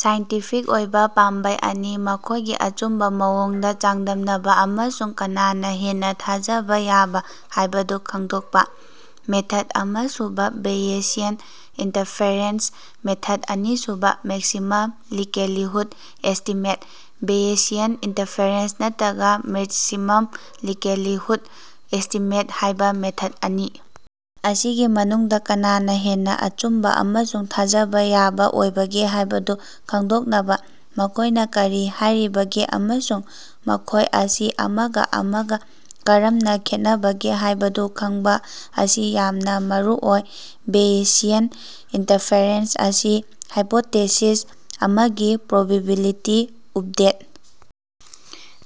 Scientific ꯑꯣꯏꯕꯥ ꯄꯥꯝꯕꯩ ꯑꯅꯤ ꯃꯈꯣꯏꯒꯤ ꯑꯆꯨꯝꯕꯥ ꯃꯑꯣꯡꯗꯥ ꯆꯥꯡꯗꯝꯅꯕꯥ ꯑꯃꯁꯨꯡ ꯀꯅꯥꯅꯥ ꯍꯦꯟꯅꯥ ꯊꯥꯖꯕꯥ ꯌꯥꯕꯥ ꯍꯥꯌꯕꯗꯨ ꯈꯉꯗꯣꯀꯄꯥ꯫ ꯃꯦꯊꯗ ꯑꯃꯥꯁꯨꯕ ꯕꯦꯌꯦꯁꯤꯌꯟ ꯏꯟꯇꯔꯐꯦꯔꯦꯟꯁ ꯃꯦꯊꯗ ꯑꯅꯤꯁꯨꯕ maximum likelihood estimate. Bayesian inference ꯅꯠꯇ꯭ꯔꯒꯥ ꯃꯦꯛꯁꯤꯃꯝ ꯂꯤꯀꯦꯂꯤꯍꯨꯗ ꯑꯦꯁ꯭ꯇꯤꯃꯦꯠ ꯍꯥꯢꯕꯥ ꯃꯦꯊꯗ ꯑꯅꯤ ꯑꯁꯤꯒꯤ ꯃꯅꯨꯡꯗꯥ ꯀꯅꯥꯅꯥ ꯍꯦꯟꯅꯥ ꯑꯆꯨꯝꯕꯥ ꯑꯃꯁꯨꯡ ꯊꯥꯖꯕꯥ ꯌꯥꯕꯥ ꯑꯣꯏꯕꯒꯦ ꯍꯥꯢꯕꯗꯨ ꯈꯪꯗꯣꯛꯅꯕꯥ ꯃꯈꯣꯢꯅꯥ ꯀꯔꯤ ꯍꯥꯢꯔꯤꯕꯒꯦ ꯑꯃꯁꯨꯡ ꯃꯈꯣꯢ ꯑꯁꯤ ꯑꯃꯒꯥ ꯑꯃꯒꯥ ꯀꯔꯝꯅꯥ ꯈꯦꯠꯅꯕꯒꯦ ꯍꯥꯢꯕꯗꯨ ꯈꯪꯕꯥ ꯑꯁꯤ ꯌꯥꯝꯅꯥ ꯃꯔꯨꯑꯣꯏ꯫ ꯕꯦꯌꯦꯁꯤꯌꯟ ꯏꯟꯇꯔꯐꯦꯔꯦꯟꯁ ꯑꯁꯤ ꯍꯥꯏꯄꯣꯇꯦꯁꯤꯁ ꯑꯃꯒꯤ ꯄ꯭ꯔꯣꯕꯤꯕꯤꯂꯤꯇꯤ ꯎꯞꯗꯦꯠ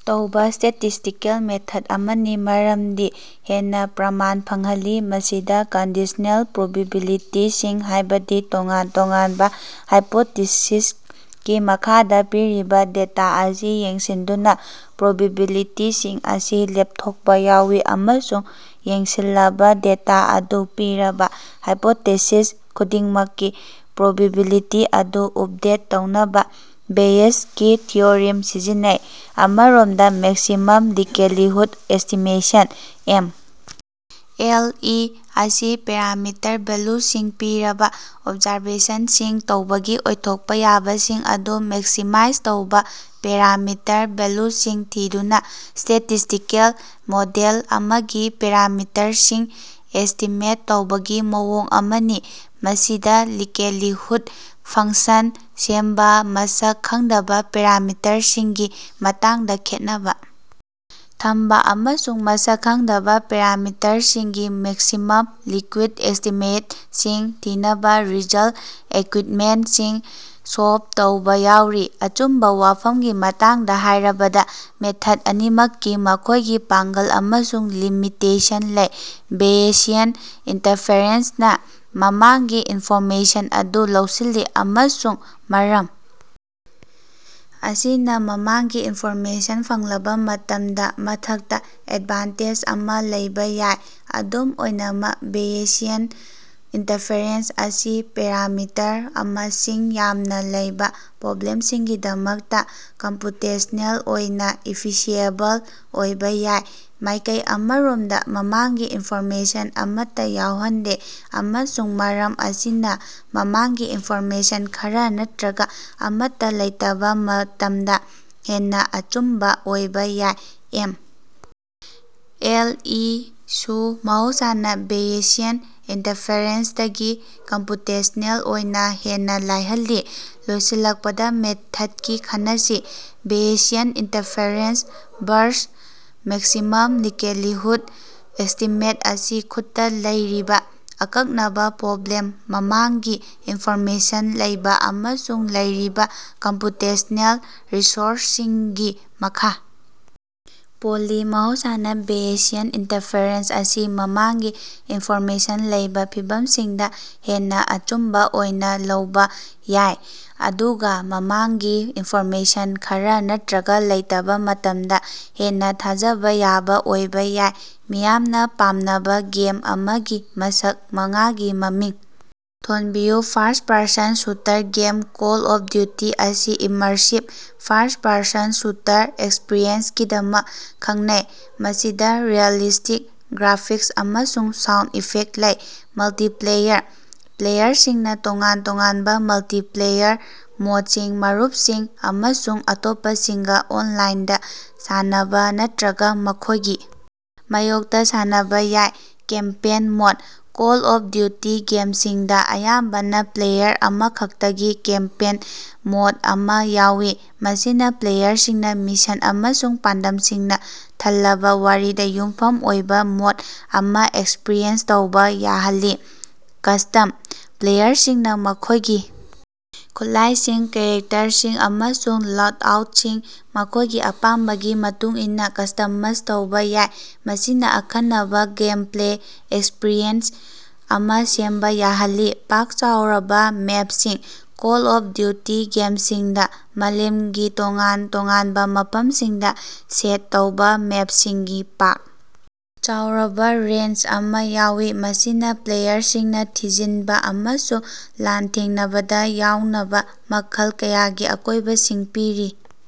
ꯇꯧꯕꯥ ꯁ꯭ꯇꯦꯇꯤꯁ꯭ꯇꯤꯀꯦꯜ ꯃꯦꯊꯗ ꯑꯃꯅꯤ, ꯃꯔꯝꯗꯤ ꯍꯦꯟꯅꯥ ꯄ꯭ꯔꯃꯥꯟ ꯐꯪꯍꯜꯂꯤ꯫ ꯃꯁꯤꯗꯥ ꯀꯟꯗꯤꯁꯅꯦꯜ ꯄ꯭ꯔꯣꯕꯤꯕꯤꯂꯤꯇꯤꯁꯤꯡ, ꯍꯥꯢꯕꯗꯤ ꯇꯣꯉꯥꯟ ꯇꯣꯉꯥꯟꯕꯥ ꯍꯥꯏꯄꯣꯇꯦꯁꯤꯁꯀꯤ ꯃꯈꯥꯗꯥ ꯄꯤꯔꯤꯕꯥ ꯗꯦꯇꯥ ꯑꯁꯤ ꯌꯦꯡꯁꯤꯟꯗꯨꯅ ꯄ꯭ꯔꯣꯕꯤꯕꯤꯂꯤꯇꯤꯁꯤꯡ ꯑꯁꯤ ꯂꯦꯞꯊꯣꯛꯄꯥ ꯌꯥꯎꯏ ꯑꯃꯁꯨꯡ ꯌꯦꯡꯁꯤꯟꯂꯕ ꯗꯦꯇꯥ ꯑꯗꯨ ꯄꯤꯔꯕꯥ ꯍꯥꯏꯄꯣꯇꯦꯁꯤꯁ ꯈꯨꯗꯤꯡꯃꯛꯀꯤ ꯄ꯭ꯔꯣꯕꯤꯕꯤꯂꯤꯇꯤ ꯑꯗꯨ ꯎꯞꯗꯦꯠ ꯇꯧꯅꯕꯥ ꯕꯦꯌꯦꯁꯀꯤ ꯊꯤꯑꯣꯔꯤꯝ ꯁꯤꯖꯤꯟꯅꯩ꯫ ꯑꯃꯔꯣꯝꯗꯥ, maximum likelihood estimation (M. L. E.) ꯑꯁꯤ ꯄꯦꯔꯥꯃꯤꯇꯔ ꯚꯦꯜꯌꯨꯁꯤꯡ ꯄꯤꯔꯕꯥ ꯑꯣꯕꯖꯥꯔꯕꯦꯁꯅꯁꯤꯡ ꯇꯧꯕꯒꯤ ꯑꯣꯏꯊꯣꯛꯄꯥ ꯌꯥꯕꯁꯤꯡ ꯑꯗꯨ ꯃꯦꯛꯁꯤꯃꯥꯏꯖ ꯇꯧꯕꯥ ꯄꯦꯔꯥꯃꯤꯇꯔ ꯚꯦꯂ꯭ꯌꯨꯁꯤꯡ ꯊꯤꯗꯨꯅꯥ ꯁ꯭ꯇꯦꯇꯤꯁ꯭ꯇꯤꯀꯦꯜ ꯃꯣꯗꯦꯜ ꯑꯃꯒꯤ ꯄꯦꯔꯥꯃꯤꯇꯔꯁꯤꯡ ꯑꯦꯁ꯭ꯇꯤꯃꯦꯠ ꯇꯧꯕꯒꯤ ꯃꯑꯣꯡ ꯑꯃꯅꯤ꯫ ꯃꯁꯤꯗꯥ ꯂꯤꯀꯦꯂꯤꯍꯨꯗ ꯐꯪꯁꯟ ꯁꯦꯝꯕꯥ, ꯃꯁꯛ ꯈꯪꯗꯕꯥ ꯄꯦꯔꯥꯃꯤꯇꯔꯁꯤꯡꯒꯤ ꯃꯇꯥꯡꯗꯥ ꯈꯦꯠꯅꯕꯥ ꯊꯝꯕꯥ, ꯑꯃꯁꯨꯡ ꯃꯁꯛ ꯈꯪꯗꯕꯥ ꯄꯦꯔꯥꯃꯤꯇꯔꯁꯤꯡꯒꯤ ꯃꯦꯛꯁꯤꯃꯝ ꯂꯤꯀ꯭ꯌꯨꯠꯗ ꯑꯦꯁ꯭ꯇꯤꯃꯦꯠꯁꯤꯡ ꯊꯤꯅꯕꯥ ꯔꯤꯖꯜꯇ ꯑꯦꯀ꯭ꯌꯨꯏꯗꯃꯦꯟꯇꯁꯤꯡ ꯁꯣꯜꯕ ꯇꯧꯕꯥ ꯌꯥꯎꯔꯤ꯫ ꯑꯆꯨꯝꯕꯥ ꯋꯥꯐꯝꯒꯤ ꯃꯇꯥꯡꯗꯥ ꯍꯥꯢꯔꯕꯗꯥ, ꯃꯦꯊꯗ ꯑꯅꯤꯃꯛꯀꯤ ꯃꯈꯣꯢꯒꯤ ꯄꯥꯡꯒꯜ ꯑꯃꯁꯨꯡ ꯂꯤꯃꯤꯇꯦꯁꯟ ꯂꯩ꯫ ꯕꯦꯌꯦꯁꯤꯌꯟ ꯏꯟꯇꯔꯐꯦꯔꯦꯟꯁꯅꯥ ꯃꯃꯥꯡꯒꯤ ꯏꯟꯐꯣꯔꯃꯦꯁꯟ ꯑꯗꯨ ꯂꯧꯁꯤꯜꯂꯤ, ꯑꯃꯁꯨꯡ ꯃꯔꯝ ꯑꯁꯤꯅꯥ ꯃꯃꯥꯡꯒꯤ ꯏꯟꯐꯣꯔꯃꯦꯁꯟ ꯐꯪꯂꯕꯥ ꯃꯇꯝꯗꯥ ꯃꯊꯛꯇꯥ ꯑꯦꯗꯚꯥꯟꯇꯦꯖ ꯑꯃꯥ ꯂꯩꯕꯥ ꯌꯥꯏ꯫ ꯑꯗꯨꯝ ꯑꯣꯏꯅꯃꯛ ꯕꯦꯌꯦꯁꯤꯌꯟ ꯏꯟꯇꯔꯐꯦꯔꯦꯟꯁ ꯑꯁꯤ ꯄꯦꯔꯥꯃꯤꯇꯔ ꯃꯁꯤꯡ ꯌꯥꯝꯅꯥ ꯂꯩꯕꯥ ꯄ꯭ꯔꯣꯕ꯭ꯂꯦꯝꯁꯤꯡꯒꯤꯗꯃꯛꯇꯥ ꯀꯝꯄ꯭ꯌꯨꯇꯦꯁꯅꯦꯜ ꯑꯣꯏꯅꯥ ꯏꯐꯤꯁꯤꯑꯦꯕꯜ ꯑꯣꯏꯕꯥ ꯌꯥꯏ꯫ ꯃꯥꯢꯀꯩ ꯑꯃꯔꯣꯃꯗꯥ, ꯃꯃꯥꯡꯒꯤ ꯏꯟꯐꯣꯔꯃꯦꯁꯟ ꯑꯃꯠꯇꯥ ꯌꯥꯎꯍꯟꯗꯦ ꯑꯃꯁꯨꯡ ꯃꯔꯝ ꯑꯁꯤꯅꯥ ꯃꯃꯥꯡꯒꯤ ꯏꯟꯐꯣꯔꯃꯦꯁꯟ ꯈꯔꯥ ꯅꯠꯇ꯭ꯔꯒꯥ ꯑꯃꯠꯇꯥ ꯂꯩꯇꯕꯥ ꯃꯇꯝꯗꯥ ꯍꯦꯟꯅꯥ ꯑꯆꯨꯝꯕꯥ ꯑꯣꯏꯕꯥ ꯌꯥꯏ꯫ ꯑꯦꯝ. ꯑꯦꯜ. ꯏ. ꯁꯨ ꯃꯍꯧꯁꯥꯅꯥ ꯕꯦꯌꯦꯁꯤꯌꯟ ꯏꯟꯇꯔꯐꯦꯔꯦꯟꯁꯇꯒꯤ ꯀꯝꯄ꯭ꯌꯨꯇꯦꯁ꯭ꯅꯦꯜ ꯑꯣꯏꯅꯥ ꯍꯦꯟꯅꯥ ꯂꯥꯏꯍꯜꯂꯤ ꯫ ꯂꯣꯏꯁꯤꯜꯂꯛꯄꯗꯥ ꯃꯦꯊꯗꯀꯤ ꯈꯟꯅꯁꯤ, Bayesian inference versus maximum likelihood estimate ꯑꯁꯤ ꯈꯨꯠꯇꯥ ꯂꯩꯔꯤꯕꯥ ꯑꯀꯛꯅꯕꯥ ꯄ꯭ꯔꯣꯕ꯭ꯂꯦꯝ, ꯃꯃꯥꯡꯒꯤ ꯏꯟꯐꯣꯔꯃꯦꯁꯟ ꯂꯩꯕꯥ ꯑꯃꯁꯨꯡ ꯂꯩꯔꯤꯕꯥ ꯀꯝꯄ꯭ꯌꯨꯇꯦꯁ꯭ꯅꯦꯜ ꯔꯤꯁꯣꯔꯁꯁꯤꯡꯒꯤ ꯃꯈꯥ ꯄꯣꯜꯂꯤ꯫ ꯃꯍꯧꯁꯥꯅꯥ, ꯕꯦꯌꯦꯁꯤꯌꯟ ꯏꯟꯇꯔꯐꯦꯔꯦꯟꯁ ꯑꯁꯤ ꯃꯃꯥꯡꯒꯤ ꯏꯟꯐꯣꯔꯃꯦꯁꯟ ꯂꯩꯕꯥ ꯐꯤꯚꯝꯁꯤꯡꯗꯥ ꯍꯦꯟꯅꯥ ꯑꯆꯨꯝꯕꯥ ꯑꯣꯏꯅꯥ ꯂꯧꯕꯥ ꯌꯥꯏ, ꯑꯗꯨꯒꯥ ꯃꯃꯥꯡꯒꯤ ꯏꯟꯐꯣꯔꯃꯦꯁꯟ ꯈꯔꯥ ꯅꯠꯇ꯭ꯔꯒꯥ ꯂꯩꯇꯕꯥ ꯃꯇꯝꯗꯥ ꯍꯦꯟꯅꯥ ꯊꯥꯖꯕꯥ ꯌꯥꯕꯥ ꯑꯣꯏꯕꯥ ꯌꯥꯏ꯫ ꯃꯤꯌꯥꯝꯅꯥ ꯄꯥꯝꯅꯕꯥ ꯒꯦꯝ ꯑꯃꯒꯤ ꯃꯁꯛ ꯃꯉꯥꯒꯤ ꯃꯃꯤꯡ ꯊꯣꯅꯕꯤꯌꯨ꯫ First person shooter game: Call of Duty ꯑꯁꯤ ꯏꯃꯔꯁꯤꯕ, ꯐꯥꯔꯁ꯭ꯠ-ꯄꯔꯁꯟ ꯁꯨꯇꯔ ꯑꯦꯛꯁꯄꯤꯔꯤꯑꯦꯟꯁꯀꯤꯗꯃꯛ ꯈꯪꯅꯩ, ꯃꯁꯤꯗꯥ ꯔꯤꯑꯦꯂꯤꯁ꯭ꯇꯤꯛ ꯒ꯭ꯔꯥꯐꯤꯛꯁ ꯑꯃꯁꯨꯡ ꯁꯥꯎꯟꯗ ꯏꯐꯦꯛꯇ ꯂꯩ꯫ ꯃꯜꯇꯤꯄ꯭ꯂꯦꯌꯔ: ꯄ꯭ꯂꯦꯌꯔꯁꯤꯡꯅꯥ ꯇꯣꯉꯥꯟ ꯇꯣꯉꯥꯟꯕꯥ ꯃꯜꯇꯤꯄ꯭ꯂꯦꯌꯔ ꯃꯣꯗꯁꯤꯡ, ꯃꯔꯨꯞꯁꯤꯡ ꯑꯃꯁꯨꯡ ꯑꯇꯣꯞꯄꯁꯤꯡꯒꯥ ꯑꯣꯟꯂꯥꯏꯟꯗꯥ ꯁꯥꯟꯅꯕꯥ ꯅꯠꯇ꯭ꯔꯒꯥ ꯃꯈꯣꯢꯒꯤ ꯃꯥꯌꯣꯛꯇꯥ ꯁꯥꯟꯅꯕꯥ ꯌꯥꯏ꯫ Campaign mode: Call of Duty ꯒꯦꯝꯁꯤꯡꯗꯥ ꯑꯌꯥꯝꯕꯅꯥ ꯄ꯭ꯂꯦꯌꯔ ꯑꯃꯈꯛꯇꯒꯤ ꯀꯦꯝꯄꯦꯟ ꯃꯣꯗ ꯑꯃꯥ ꯌꯥꯎꯏ, ꯃꯁꯤꯅꯥ ꯄ꯭ꯂꯦꯌꯔꯁꯤꯡꯅꯥ ꯃꯤꯁꯟ ꯑꯃꯁꯨꯡ ꯄꯥꯟꯗꯝꯁꯤꯡꯅꯥ ꯊꯜꯂꯕꯥ ꯋꯥꯔꯤꯗꯥ ꯌꯨꯝꯐꯝ ꯑꯣꯏꯕꯥ ꯃꯣꯗ ꯑꯃꯥ ꯑꯦꯛꯁꯄ꯭ꯔꯤꯌꯦꯟꯁ ꯇꯧꯕꯥ ꯌꯥꯍꯜꯂꯤ꯫ ꯀꯁꯇꯝ: ꯄ꯭ꯂꯦꯌꯔꯁꯤꯡꯅꯥ ꯃꯈꯣꯢꯒꯤ ꯈꯨꯠꯂꯥꯏꯁꯤꯡ, ꯀꯦꯔꯦꯛꯇꯔꯁꯤꯡ ꯑꯃꯁꯨꯡ ꯂꯣꯗꯑꯥꯎꯇꯁꯤꯡ ꯃꯈꯣꯢꯒꯤ ꯑꯄꯥꯝꯕꯒꯤ ꯃꯇꯨꯡ ꯏꯟꯅꯥ ꯀꯁ꯭ꯇꯃꯁ ꯇꯧꯕꯥ ꯌꯥꯏ, ꯃꯁꯤꯅꯥ ꯑꯈꯟꯅꯕꯥ ꯒꯦꯝꯄ꯭ꯂꯦ ꯑꯦꯛꯁꯄꯤꯔꯤꯑꯦꯟꯁ ꯑꯃꯥ ꯁꯦꯝꯕꯥ ꯌꯥꯍꯜꯂꯤ꯫ ꯄꯥꯛ ꯆꯥꯎꯔꯕꯥ ꯃꯦꯞꯁꯤꯡ: ꯀꯣꯜ ꯑꯣꯐ ꯗ꯭ꯌꯨꯇꯤ ꯒꯦꯝꯁꯤꯡꯗꯥ ꯃꯥꯂꯦꯝꯒꯤ ꯇꯣꯉꯥꯟ ꯇꯣꯉꯥꯟꯕꯥ ꯃꯐꯝꯁꯤꯡꯗꯥ ꯁꯦꯠ ꯇꯧꯕꯥ ꯃꯦꯞꯁꯤꯡꯒꯤ ꯄꯥꯛ ꯆꯥꯎꯔꯕꯥ ꯔꯦꯟꯖ ꯑꯃꯥ ꯌꯥꯎꯏ, ꯃꯁꯤꯅꯥ ꯄ꯭ꯂꯦꯌꯔꯁꯤꯡꯅꯥ ꯊꯤꯖꯤꯟꯕꯥ ꯑꯃꯁꯨꯡ ꯂꯥꯟꯊꯦꯡꯅꯕꯗꯥ ꯌꯥꯎꯅꯕꯥ ꯃꯈꯜ ꯀꯌꯥꯒꯤ ꯑꯀꯣꯢꯕꯁꯤꯡ ꯄꯤꯔꯤ꯫